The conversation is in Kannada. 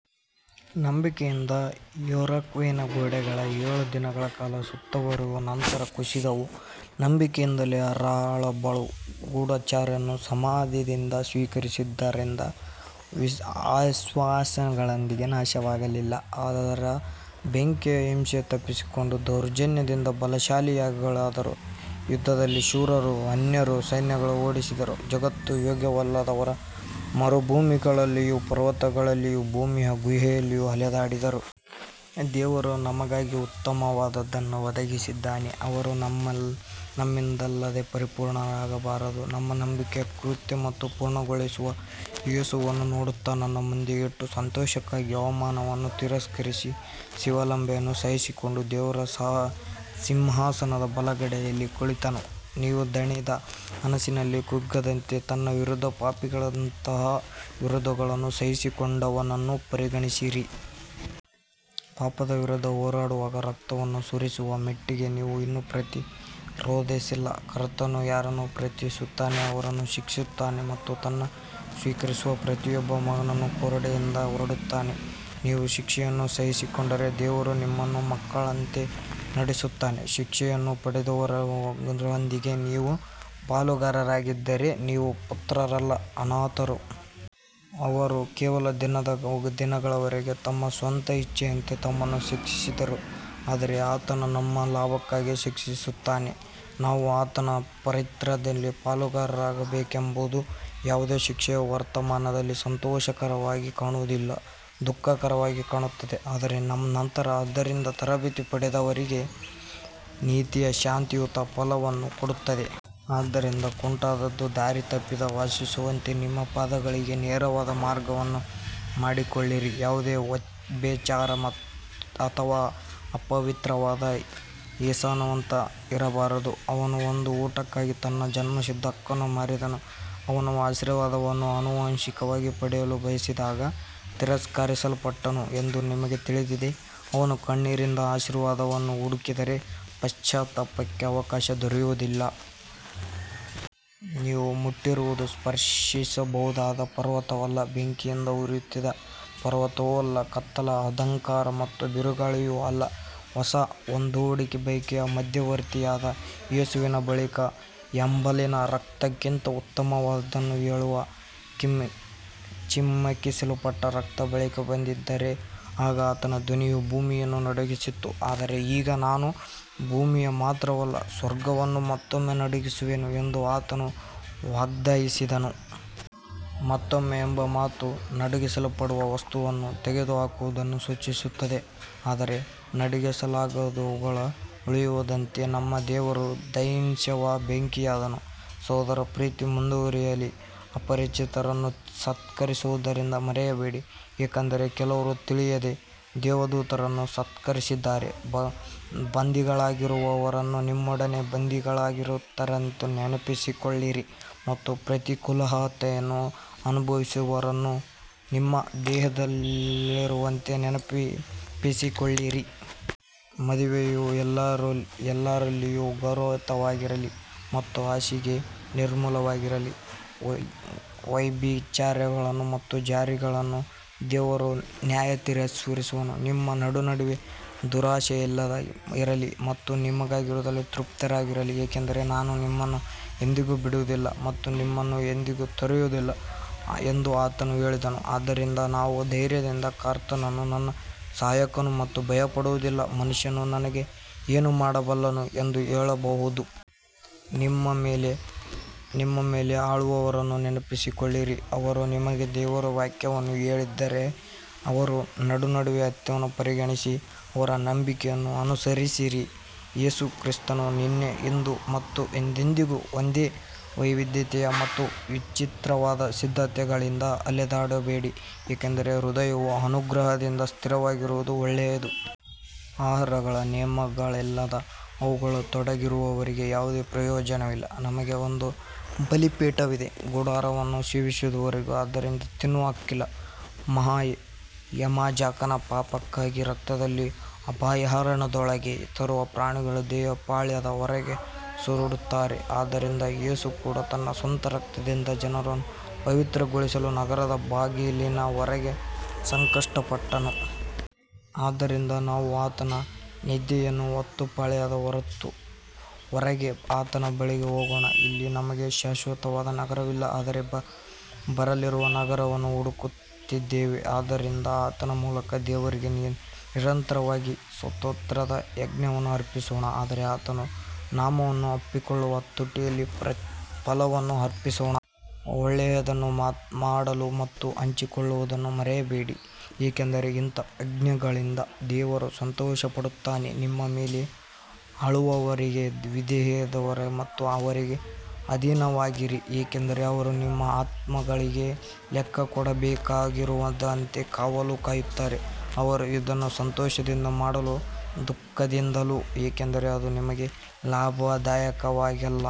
ನಂಬಿಕೆಯಿಂದ ಯೆರಿಕೋವಿನ ಗೋಡೆಗಳು ಏಳು ದಿನಗಳ ಕಾಲ ಸುತ್ತುವರಿದ ನಂತರ ಕುಸಿದವು. ನಂಬಿಕೆಯಿಂದಲೇ ರಾಹಾಬಳು ಗೂಢಚಾರರನ್ನು ಸಮಾಧಾನದಿಂದ ಸ್ವೀಕರಿಸಿದ್ದರಿಂದ ಅವಿಶ್ವಾಸಿಗಳೊಂದಿಗೆ ನಾಶವಾಗಲಿಲ್ಲ. ಅವರು ಬೆಂಕಿಯ ಹಿಂಸೆಯನ್ನು ತಪ್ಪಿಸಿಕೊಂಡರು, ದೌರ್ಬಲ್ಯದಿಂದ ಬಲಶಾಲಿಗಳಾದರು, ಯುದ್ಧದಲ್ಲಿ ಶೂರರಾದರು, ಅನ್ಯರ ಸೈನ್ಯಗಳನ್ನು ಓಡಿಸಿದರು. ಜಗತ್ತು ಯೋಗ್ಯವಲ್ಲದವರು ಮರುಭೂಮಿಗಳಲ್ಲಿಯೂ ಪರ್ವತಗಳಲ್ಲಿಯೂ ಭೂಮಿಯ ಗುಹೆಗಳಲ್ಲಿಯೂ ಅಲೆದಾಡಿದರು. ದೇವರು ನಮಗಾಗಿ ಉತ್ತಮವಾದದ್ದನ್ನು ಒದಗಿಸಿದ್ದಾನೆ, ಅವರು ನಮ್ಮಿಲ್ಲದೆ ಪರಿಪೂರ್ಣರಾಗಬಾರದು. ನಮ್ಮ ನಂಬಿಕೆಯ ಕರ್ತೃ ಮತ್ತು ಪೂರ್ಣಗೊಳಿಸುವ ಯೇಸುವನ್ನು ನೋಡುತ್ತಾ, ತನ್ನ ಮುಂದೆ ಇಟ್ಟ ಸಂತೋಷಕ್ಕಾಗಿ ಅವಮಾನವನ್ನು ತಿರಸ್ಕರಿಸಿ ಶಿಲುಬೆಯನ್ನು ಸಹಿಸಿಕೊಂಡು ದೇವರ ಸಿಂಹಾಸನದ ಬಲಗಡೆಯಲ್ಲಿ ಕುಳಿತನು. ನೀವು ದಣಿದು ಮನಸ್ಸಿನಲ್ಲಿ ಕುಗ್ಗಿಹೋಗದಂತೆ ತನ್ನ ವಿರುದ್ಧ ಪಾಪಿಗಳ ಇಂತಹ ವಿರೋಧವನ್ನು ಸಹಿಸಿಕೊಂಡವನನ್ನು ಪರಿಗಣಿಸಿರಿ. ಪಾಪದ ವಿರುದ್ಧ ಹೋರಾಡುವಾಗ ರಕ್ತವನ್ನು ಸುರಿಸುವ ಮಟ್ಟಿಗೆ ನೀವು ಇನ್ನೂ ಪ್ರತಿರೋಧಿಸಿಲ್ಲ. ಕರ್ತನು ಯಾರನ್ನು ಪ್ರೀತಿಸುತ್ತಾನೋ ಅವರನ್ನು ಶಿಕ್ಷಿಸುತ್ತಾನೆ ಮತ್ತು ತಾನು ಸ್ವೀಕರಿಸುವ ಪ್ರತಿಯೊಬ್ಬ ಮಗನನ್ನು ಕೊರಡೆಯಿಂದ ಹೊಡೆಯುತ್ತಾನೆ. ನೀವು ಶಿಕ್ಷೆಯನ್ನು ಸಹಿಸಿಕೊಂಡರೆ ದೇವರು ನಿಮ್ಮನ್ನು ಮಕ್ಕಳಂತೆ ನಡೆಸುತ್ತಾನೆ. ಶಿಕ್ಷೆಯನ್ನು ಪಡೆಯದವರೆಲ್ಲರೊಂದಿಗೆ ನೀವು ಪಾಲುಗಾರರಾಗಿದ್ದರೆ ನೀವು ಪುತ್ರರಲ್ಲ, ಅನಾಥರು. ಅವರು ಕೆಲವು ದಿನಗಳವರೆಗೆ ತಮ್ಮ ಸ್ವಂತ ಇಚ್ಛೆಯಂತೆ ನಮ್ಮನ್ನು ಶಿಕ್ಷಿಸಿದರು, ಆದರೆ ಆತನು ನಮ್ಮ ಲಾಭಕ್ಕಾಗಿ ಶಿಕ್ಷಿಸುತ್ತಾನೆ, ನಾವು ಆತನ ಪವಿತ್ರತೆಯಲ್ಲಿ ಪಾಲುಗಾರರಾಗಬೇಕೆಂದು. ಯಾವುದೇ ಶಿಕ್ಷೆಯು ವರ್ತಮಾನದಲ್ಲಿ ಸಂತೋಷಕರವಾಗಿ ಕಾಣುವುದಿಲ್ಲ, ದುಃಖಕರವಾಗಿ ಕಾಣುತ್ತದೆ. ಆದರೆ ನಂತರ ಅದರಿಂದ ತರಬೇತಿ ಪಡೆದವರಿಗೆ ನೀತಿಯ ಶಾಂತಿಯುತ ಫಲವನ್ನು ಕೊಡುತ್ತದೆ. ಆದ್ದರಿಂದ ಕುಂಟಾದದ್ದು ದಾರಿ ತಪ್ಪದೆ ವಾಸಿಯಾಗುವಂತೆ ನಿಮ್ಮ ಪಾದಗಳಿಗೆ ನೇರವಾದ ಮಾರ್ಗಗಳನ್ನು ಮಾಡಿಕೊಳ್ಳಿರಿ. ಯಾವುದೇ ವ್ಯಭಿಚಾರಿ ಅಥವಾ ಅಪವಿತ್ರನಾದ ಏಸಾವನಂತೆ ಇರಬಾರದು, ಅವನು ಒಂದು ಊಟಕ್ಕಾಗಿ ತನ್ನ ಜನ್ಮಸಿದ್ಧ ಹಕ್ಕನ್ನು ಮಾರಿದನು. ಅವನು ಆಶೀರ್ವಾದವನ್ನು ಆನುವಂಶಿಕವಾಗಿ ಪಡೆಯಲು ಬಯಸಿದಾಗ ತಿರಸ್ಕರಿಸಲ್ಪಟ್ಟನು ಎಂದು ನಿಮಗೆ ತಿಳಿದಿದೆ. ಅವನು ಕಣ್ಣೀರಿನಿಂದ ಆಶೀರ್ವಾದವನ್ನು ಹುಡುಕಿದರೂ ಪಶ್ಚಾತ್ತಾಪಕ್ಕೆ ಅವಕಾಶ ದೊರೆಯಲಿಲ್ಲ. ನೀವು ಮುಟ್ಟಿರುವುದು ಸ್ಪರ್ಶಿಸಬಹುದಾದ ಪರ್ವತವಲ್ಲ, ಬೆಂಕಿಯಿಂದ ಉರಿಯುತ್ತಿದ್ದ ಪರ್ವತವೂ ಅಲ್ಲ, ಕತ್ತಲೆ, ಅಂಧಕಾರ ಮತ್ತು ಬಿರುಗಾಳಿಯೂ ಅಲ್ಲ. ಹೊಸ ಒಡಂಬಡಿಕೆಯ ಮಧ್ಯವರ್ತಿಯಾದ ಯೇಸುವಿನ ಬಳಿಗೂ, ಹೇಬೆಲನ ರಕ್ತಕ್ಕಿಂತ ಉತ್ತಮವಾದದ್ದನ್ನು ಹೇಳುವ ಚಿಮುಕಿಸಲ್ಪಟ್ಟ ರಕ್ತದ ಬಳಿಗೂ ಬಂದಿದ್ದೀರಿ. ಆಗ ಆತನ ಧ್ವನಿಯು ಭೂಮಿಯನ್ನು ನಡುಗಿಸಿತು, ಆದರೆ ಈಗ ನಾನು ಭೂಮಿಯನ್ನು ಮಾತ್ರವಲ್ಲ, ಸ್ವರ್ಗವನ್ನೂ ಮತ್ತೊಮ್ಮೆ ನಡುಗಿಸುವೆನು ಎಂದು ಆತನು ವಾಗ್ದಾನಿಸಿದ್ದಾನೆ. ಮತ್ತೊಮ್ಮೆ ಎಂಬ ಮಾತು ನಡುಗಿಸಲ್ಪಡುವ ವಸ್ತುಗಳನ್ನು ತೆಗೆದುಹಾಕುವುದನ್ನು ಸೂಚಿಸುತ್ತದೆ, ಅಂದರೆ ನಡುಗಿಸಲಾಗದವುಗಳು ಉಳಿಯುವಂತೆ. ನಮ್ಮ ದೇವರು ದಹಿಸುವ ಬೆಂಕಿಯಾಗಿದ್ದಾನೆ. ಸಹೋದರ ಪ್ರೀತಿ ಮುಂದುವರಿಯಲಿ. ಅಪರಿಚಿತರನ್ನು ಸತ್ಕರಿಸುವುದನ್ನು ಮರೆಯಬೇಡಿ, ಏಕೆಂದರೆ ಕೆಲವರು ತಿಳಿಯದೆ ದೇವದೂತರನ್ನು ಸತ್ಕರಿಸಿದ್ದಾರೆ. ಬಂಧಿಗಳಾಗಿರುವವರನ್ನು ನಿಮ್ಮೊಡನೆ ಬಂಧಿಗಳಾಗಿರುವವರಂತೆ ನೆನಪಿಸಿಕೊಳ್ಳಿರಿ ಮತ್ತು ಪ್ರತಿಕೂಲತೆಯನ್ನು ಅನುಭವಿಸುವವರನ್ನು ನಿಮ್ಮ ದೇಹದಲ್ಲಿರುವವರಂತೆ ನೆನಪಿಸಿಕೊಳ್ಳಿರಿ. ಮದುವೆಯು ಎಲ್ಲರಲ್ಲಿಯೂ ಗೌರವಯುತವಾಗಿರಲಿ ಮತ್ತು ಹಾಸಿಗೆ ನಿರ್ಮಲವಾಗಿರಲಿ. ವ್ಯಭಿಚಾರಿಗಳನ್ನು ಮತ್ತು ಜಾರರನ್ನು ದೇವರು ನ್ಯಾಯತೀರಿಸುವನು. ನಿಮ್ಮ ನಡೆನುಡಿ ದುರಾಶೆಯಿಲ್ಲದೆ ಇರಲಿ ಮತ್ತು ನಿಮಗಿರುವುದರಲ್ಲಿ ತೃಪ್ತರಾಗಿರಿ, ಏಕೆಂದರೆ ನಾನು ನಿನ್ನನ್ನು ಎಂದಿಗೂ ಬಿಡುವುದಿಲ್ಲ ಮತ್ತು ನಿನ್ನನ್ನು ಎಂದಿಗೂ ತೊರೆಯುವುದಿಲ್ಲ ಎಂದು ಆತನು ಹೇಳಿದ್ದಾನೆ. ಆದ್ದರಿಂದ ನಾವು ಧೈರ್ಯದಿಂದ ಕರ್ತನು ನನ್ನ ಸಹಾಯಕನು, ನಾನು ಭಯಪಡುವುದಿಲ್ಲ, ಮನುಷ್ಯನು ನನಗೆ ಏನು ಮಾಡಬಲ್ಲನು ಎಂದು ಹೇಳಬಹುದು. ನಿಮ್ಮ ಮೇಲೆ ಆಳುವವರನ್ನು ನೆನಪಿಸಿಕೊಳ್ಳಿರಿ, ಅವರು ನಿಮಗೆ ದೇವರ ವಾಕ್ಯವನ್ನು ಹೇಳಿದ್ದಾರೆ. ಅವರ ನಡೆನುಡಿಯ ಅಂತ್ಯವನ್ನು ಪರಿಗಣಿಸಿ ಅವರ ನಂಬಿಕೆಯನ್ನು ಅನುಸರಿಸಿರಿ. ಯೇಸು ಕ್ರಿಸ್ತನು ನಿನ್ನೆ, ಇಂದು ಮತ್ತು ಎಂದೆಂದಿಗೂ ಒಂದೇ. ವೈವಿಧ್ಯಮಯ ಮತ್ತು ವಿಚಿತ್ರವಾದ ಸಿದ್ಧಾಂತಗಳಿಂದ ಅಲೆದಾಡಬೇಡಿ, ಏಕೆಂದರೆ ಹೃದಯವು ಅನುಗ್ರಹದಿಂದ ಸ್ಥಿರವಾಗಿರುವುದು ಒಳ್ಳೆಯದು. ಆಹಾರಗಳ ನಿಯಮಗಳಿಂದಲ್ಲ, ಅವುಗಳಲ್ಲಿ ತೊಡಗಿರುವವರಿಗೆ ಯಾವುದೇ ಪ್ರಯೋಜನವಿಲ್ಲ. ನಮಗೆ ಒಂದು ಬಲಿಪೀಠವಿದೆ, ಗುಡಾರವನ್ನು ಸೇವಿಸುವವರಿಗೆ ಅದರಿಂದ ತಿನ್ನುವ ಹಕ್ಕಿಲ್ಲ. ಮಹಾಯಾಜಕನು ಪಾಪಕ್ಕಾಗಿ ರಕ್ತವನ್ನು ಅಭಯಾರಣ್ಯದೊಳಗೆ ತರುವ ಪ್ರಾಣಿಗಳ ದೇಹಗಳನ್ನು ಪಾಳೆಯದ ಹೊರಗೆ ಸುಡುತ್ತಾರೆ. ಆದ್ದರಿಂದ ಯೇಸು ಕೂಡ ತನ್ನ ಸ್ವಂತ ರಕ್ತದಿಂದ ಜನರನ್ನು ಪವಿತ್ರಗೊಳಿಸಲು ನಗರದ ಬಾಗಿಲಿನ ಹೊರಗೆ ಸಂಕಟಪಟ್ಟನು. ಆದ್ದರಿಂದ ನಾವು ಆತನ ನಿಂದೆಯನ್ನು ಹೊತ್ತು ಪಾಳೆಯದ ಹೊರಗೆ ಆತನ ಬಳಿಗೆ ಹೋಗೋಣ. ಇಲ್ಲಿ ನಮಗೆ ಶಾಶ್ವತವಾದ ನಗರವಿಲ್ಲ, ಆದರೆ ಬರಲಿರುವ ನಗರವನ್ನು ಹುಡುಕುತ್ತೇವೆ. ಆದ್ದರಿಂದ ಆತನ ಮೂಲಕ ದೇವರಿಗೆ ನಿರಂತರವಾಗಿ ಸ್ತೋತ್ರದ ಯಜ್ಞವನ್ನು ಅರ್ಪಿಸೋಣ, ಅಂದರೆ ಆತನ ನಾಮವನ್ನು ಒಪ್ಪಿಕೊಳ್ಳುವ ತುಟಿಗಳ ಫಲವನ್ನು ಅರ್ಪಿಸೋಣ. ಒಳ್ಳೆಯದನ್ನು ಮಾಡಲು ಮತ್ತು ಹಂಚಿಕೊಳ್ಳುವುದನ್ನು ಮರೆಯಬೇಡಿ, ಏಕೆಂದರೆ ಇಂಥ ಯಜ್ಞಗಳಿಂದ ದೇವರು ಸಂತೋಷಪಡುತ್ತಾನೆ. ನಿಮ್ಮ ಮೇಲೆ ಆಳುವವರಿಗೆ ವಿಧೇಯರಾಗಿರಿ ಮತ್ತು ಅವರಿಗೆ ಅಧೀನರಾಗಿರಿ, ಏಕೆಂದರೆ ಅವರು ನಿಮ್ಮ ಆತ್ಮಗಳಿಗಾಗಿ ಲೆಕ್ಕ ಕೊಡಬೇಕಾದವರಂತೆ ಕಾವಲು ಕಾಯುತ್ತಾರೆ. ಅವರು ಇದನ್ನು ಸಂತೋಷದಿಂದ ಮಾಡಲಿ, ದುಃಖದಿಂದಲ್ಲ, ಏಕೆಂದರೆ ಅದು ನಿಮಗೆ ಲಾಭದಾಯಕವಲ್ಲ.